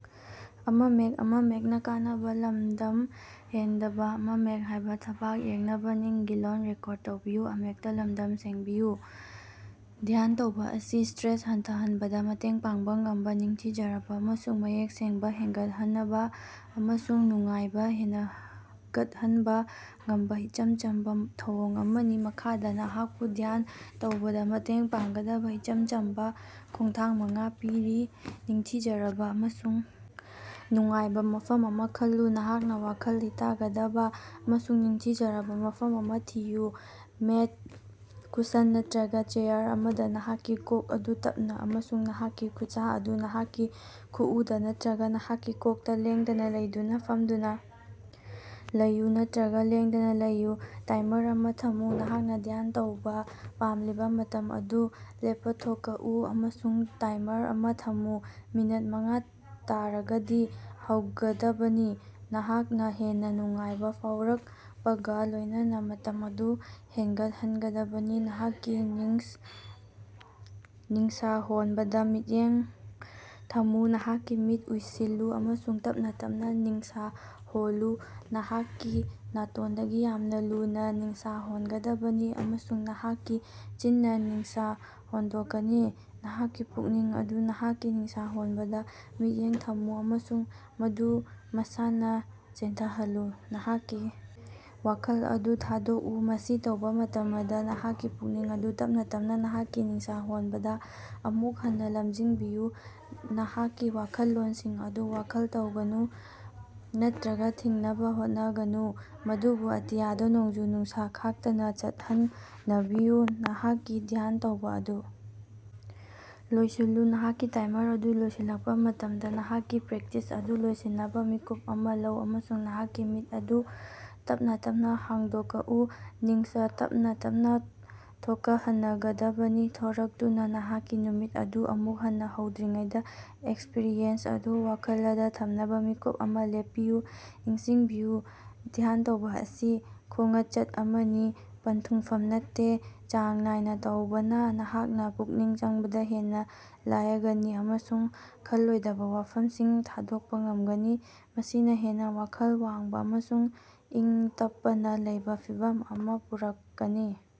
ꯙ꯭ꯌꯥꯟꯇꯧꯕ ꯑꯁꯤ ꯁꯇ꯭ꯔꯦꯁ ꯍꯟꯊꯍꯟꯕꯗꯥ ꯃꯇꯦꯡ ꯄꯥꯡꯕꯥ ꯉꯝꯕꯥ, ꯅꯤꯡꯊꯤꯖꯔꯕꯥ ꯑꯃꯁꯨꯡ ꯃꯌꯦꯛ ꯁꯦꯡꯕꯥ ꯍꯦꯟꯒꯠꯍꯅꯕꯥ ꯑꯃꯁꯨꯡ ꯅꯨꯡꯉꯥꯏꯕꯥ ꯍꯦꯅꯒꯠꯍꯟꯕꯥ ꯉꯝꯕꯥ ꯏꯆꯝ ꯆꯝꯕꯥ ꯊꯧꯑꯣꯡ ꯑꯃꯅꯤ꯫ ꯃꯈꯥꯗꯥ ꯅꯍꯥꯛꯄꯨ ꯙ꯭ꯌꯥꯟ ꯇꯧꯕꯗꯥ ꯃꯇꯦꯡ ꯄꯥꯡꯒꯗꯕꯥ ꯏꯆꯝ ꯆꯝꯕꯥ ꯈꯣꯡꯊꯥꯡ ꯃꯉꯥ ꯄꯤꯔꯤ: ꯅꯤꯡꯊꯤꯖꯔꯕꯥ ꯑꯃꯁꯨꯡ ꯅꯨꯡꯉꯥꯏꯕꯥ ꯃꯐꯝ ꯑꯃꯥ ꯈꯜꯂꯨ: ꯅꯍꯥꯛꯅꯥ ꯋꯥꯈꯜ ꯂꯩꯇꯒꯗꯕꯥ ꯑꯃꯁꯨꯡ ꯅꯤꯡꯊꯤꯖꯔꯕꯥ ꯃꯐꯝ ꯑꯃꯥ ꯊꯤꯌꯨ꯫ ꯃꯦꯠ, ꯀꯨꯁꯟ ꯅꯠꯇ꯭ꯔꯒꯥ ꯆꯦꯌꯥꯔ ꯑꯃꯗꯥ, ꯅꯍꯥꯛꯀꯤ ꯀꯣꯛ ꯑꯗꯨ ꯇꯞꯅꯥ ꯑꯃꯁꯨꯡ ꯅꯍꯥꯛꯀꯤ ꯈꯨꯠꯁꯥ ꯑꯗꯨ ꯅꯍꯥꯛꯀꯤ ꯈꯨꯑꯨꯗꯥ ꯅꯠꯇ꯭ꯔꯒꯥ ꯅꯍꯥꯛꯀꯤ ꯀꯣꯛꯇꯥ ꯂꯦꯡꯗꯅꯥ ꯂꯩꯗꯨꯅꯥ ꯐꯝꯗꯨꯅꯥ ꯂꯩꯌꯨ ꯅꯠꯇ꯭ꯔꯒꯥ ꯂꯦꯡꯗꯅꯥ ꯂꯩꯌꯨ꯫ ꯇꯥꯏꯃꯔ ꯑꯃꯥ ꯊꯝꯃꯨ: ꯅꯍꯥꯛꯅꯥ ꯙ꯭ꯌꯥꯟ ꯇꯧꯕꯥ ꯄꯥꯝꯂꯤꯕꯥ ꯃꯇꯝ ꯑꯗꯨ ꯂꯦꯄꯊꯣꯀꯑꯨ ꯑꯃꯁꯨꯡ ꯇꯥꯏꯃꯔ ꯑꯃꯥ ꯊꯝꯃꯨ꯫ ꯃꯤꯅꯠ ꯃꯉꯥ-ꯇꯔꯗꯒꯤ ꯍꯧꯒꯗꯕꯅꯤ, ꯅꯍꯥꯛꯅꯥ ꯍꯦꯟꯅꯥ ꯅꯨꯡꯉꯥꯏꯕꯥ ꯐꯥꯎꯔꯛꯄꯒꯥ ꯂꯣꯏꯅꯅꯥ ꯃꯇꯝ ꯑꯗꯨ ꯍꯦꯟꯒꯠꯍꯟꯒꯗꯕꯅꯤ꯫ ꯅꯍꯥꯛꯀꯤ ꯅꯤꯡꯁ ꯍꯣꯟꯕꯗꯥ ꯃꯤꯠꯌꯦꯡ ꯊꯝꯃꯨ: ꯅꯍꯥꯛꯀꯤ ꯃꯤꯠ ꯑꯨꯢꯁꯤꯜꯂꯨ ꯑꯃꯁꯨꯡ ꯇꯞꯅꯥ ꯇꯞꯅꯥ ꯅꯤꯡꯁ ꯍꯣꯜꯂꯨ꯫ ꯅꯍꯥꯛꯀꯤ ꯅꯥꯇꯣꯟꯗꯒꯤ ꯌꯥꯝꯅꯥ ꯂꯨꯅꯥ ꯅꯤꯡꯁ ꯍꯣꯟꯒꯗꯕꯅꯤ ꯑꯃꯁꯨꯡ ꯅꯍꯥꯛꯀꯤ ꯆꯤꯟꯅ ꯅꯤꯡꯁ ꯍꯣꯟꯗꯣꯛꯀꯅꯤ꯫ ꯅꯍꯥꯛꯀꯤ ꯄꯨꯛꯅꯤꯡ ꯑꯗꯨ ꯅꯍꯥꯛꯀꯤ ꯅꯤꯡꯁ ꯍꯣꯟꯕꯗꯥ ꯃꯤꯠꯌꯦꯡ ꯊꯝꯃꯨ, ꯑꯃꯁꯨꯡ ꯃꯗꯨ ꯃꯁꯥꯅꯥ ꯆꯦꯟꯊꯍꯜꯂꯨ꯫ ꯅꯍꯥꯛꯀꯤ ꯋꯥꯈꯜ ꯑꯗꯨ ꯊꯥꯗꯣꯛꯑꯨ꯫ ꯃꯁꯤ ꯇꯧꯕ ꯃꯇꯃꯗꯥ, ꯅꯍꯥꯛꯀꯤ ꯄꯨꯛꯅꯤꯡ ꯑꯗꯨ ꯇꯞꯅꯥ ꯇꯞꯅꯥ ꯅꯍꯥꯛꯀꯤ ꯅꯤꯡꯁ ꯍꯣꯟꯕꯗꯥ ꯑꯃꯨꯛ ꯍꯟꯅꯥ ꯂꯝꯖꯤꯡꯕꯤꯌꯨ꯫ ꯅꯍꯥꯛꯀꯤ ꯋꯥꯈꯜꯂꯣꯟꯁꯤꯡ ꯑꯗꯨ ꯋꯥꯌꯦꯜ ꯇꯧꯒꯅꯨ ꯅꯠꯇ꯭ꯔꯒꯥ ꯊꯤꯡꯅꯕꯥ ꯍꯣꯠꯅꯒꯅꯨ, ꯃꯗꯨꯕꯨ ꯑꯇꯤꯌꯥꯗꯥ ꯅꯣꯡꯖꯨ-ꯅꯨꯡꯁꯥ ꯈꯥꯛꯇꯅꯥ ꯆꯠꯍꯅꯕꯤꯌꯨ꯫ ꯅꯍꯥꯛꯀꯤ ꯙ꯭ꯌꯥꯟꯇꯧꯕ ꯑꯗꯨ ꯂꯣꯌꯁꯤꯜꯂꯨ: ꯅꯍꯥꯛꯀꯤ ꯇꯥꯏꯃꯔ ꯑꯗꯨ ꯂꯣꯏꯁꯤꯜꯂꯛꯄꯥ ꯃꯇꯝꯗꯥ, ꯅꯍꯥꯛꯀꯤ ꯄ꯭ꯔꯦꯛꯇꯤꯁ ꯑꯗꯨ ꯂꯣꯏꯁꯤꯟꯅꯕꯥ ꯃꯤꯀꯨꯞ ꯑꯃꯥ ꯂꯧ ꯑꯃꯁꯨꯡ ꯅꯍꯥꯛꯀꯤ ꯃꯤꯠ ꯑꯗꯨ ꯇꯞꯅꯥ ꯇꯞꯅꯥ ꯍꯥꯡꯗꯣꯀꯎ꯫ ꯅꯤꯡꯁ ꯇꯞꯅꯥ ꯇꯞꯅꯥ ꯊꯣꯀꯍꯅꯒꯗꯕꯅꯤ꯫ ꯊꯣꯔꯛꯇꯨꯅꯥ ꯅꯍꯥꯛꯀꯤ ꯅꯨꯃꯤꯠ ꯑꯗꯨ ꯑꯃꯨꯛ ꯍꯟꯅꯥ ꯍꯧꯗ꯭ꯔꯤꯉꯩꯗꯥ ꯑꯦꯛꯁꯄ꯭ꯔꯤꯌꯦꯟꯁ ꯑꯗꯨ ꯋꯥꯈꯂꯗꯥ ꯊꯝꯅꯕꯥ ꯃꯤꯀꯨꯞ ꯑꯃꯥ ꯂꯦꯞꯄꯤꯌꯨ꯫ ꯅꯤꯡꯁꯤꯡꯕꯤꯌꯨ, ꯙ꯭ꯌꯥꯟꯇꯧꯕ ꯑꯁꯤ ꯈꯣꯉꯆꯠ ꯑꯃꯅꯤ, ꯄꯟꯊꯨꯡꯐꯝ ꯅꯠꯇꯦ꯫ ꯆꯥꯡ ꯅꯥꯏꯅꯥ ꯇꯧꯕꯅꯥ, ꯅꯍꯥꯛꯅꯥ ꯄꯨꯛꯅꯤꯡ ꯆꯪꯕꯗꯥ ꯍꯦꯟꯅꯥ ꯂꯥꯌꯒꯅꯤ ꯑꯃꯁꯨꯡ ꯈꯜꯂꯣꯏꯗꯕ ꯋꯥꯐꯝꯁꯤꯡ ꯊꯥꯗꯣꯛꯄꯥ ꯉꯝꯒꯅꯤ, ꯃꯁꯤꯅꯥ ꯍꯦꯟꯅꯥ ꯋꯥꯈꯜ ꯋꯥꯡꯕꯥ ꯑꯃꯁꯨꯡ ꯏꯤꯡꯇꯞꯄꯅ ꯂꯩꯕ ꯐꯤꯚꯝ ꯑꯃꯥ ꯄꯨꯔꯛꯀꯅꯤ꯫।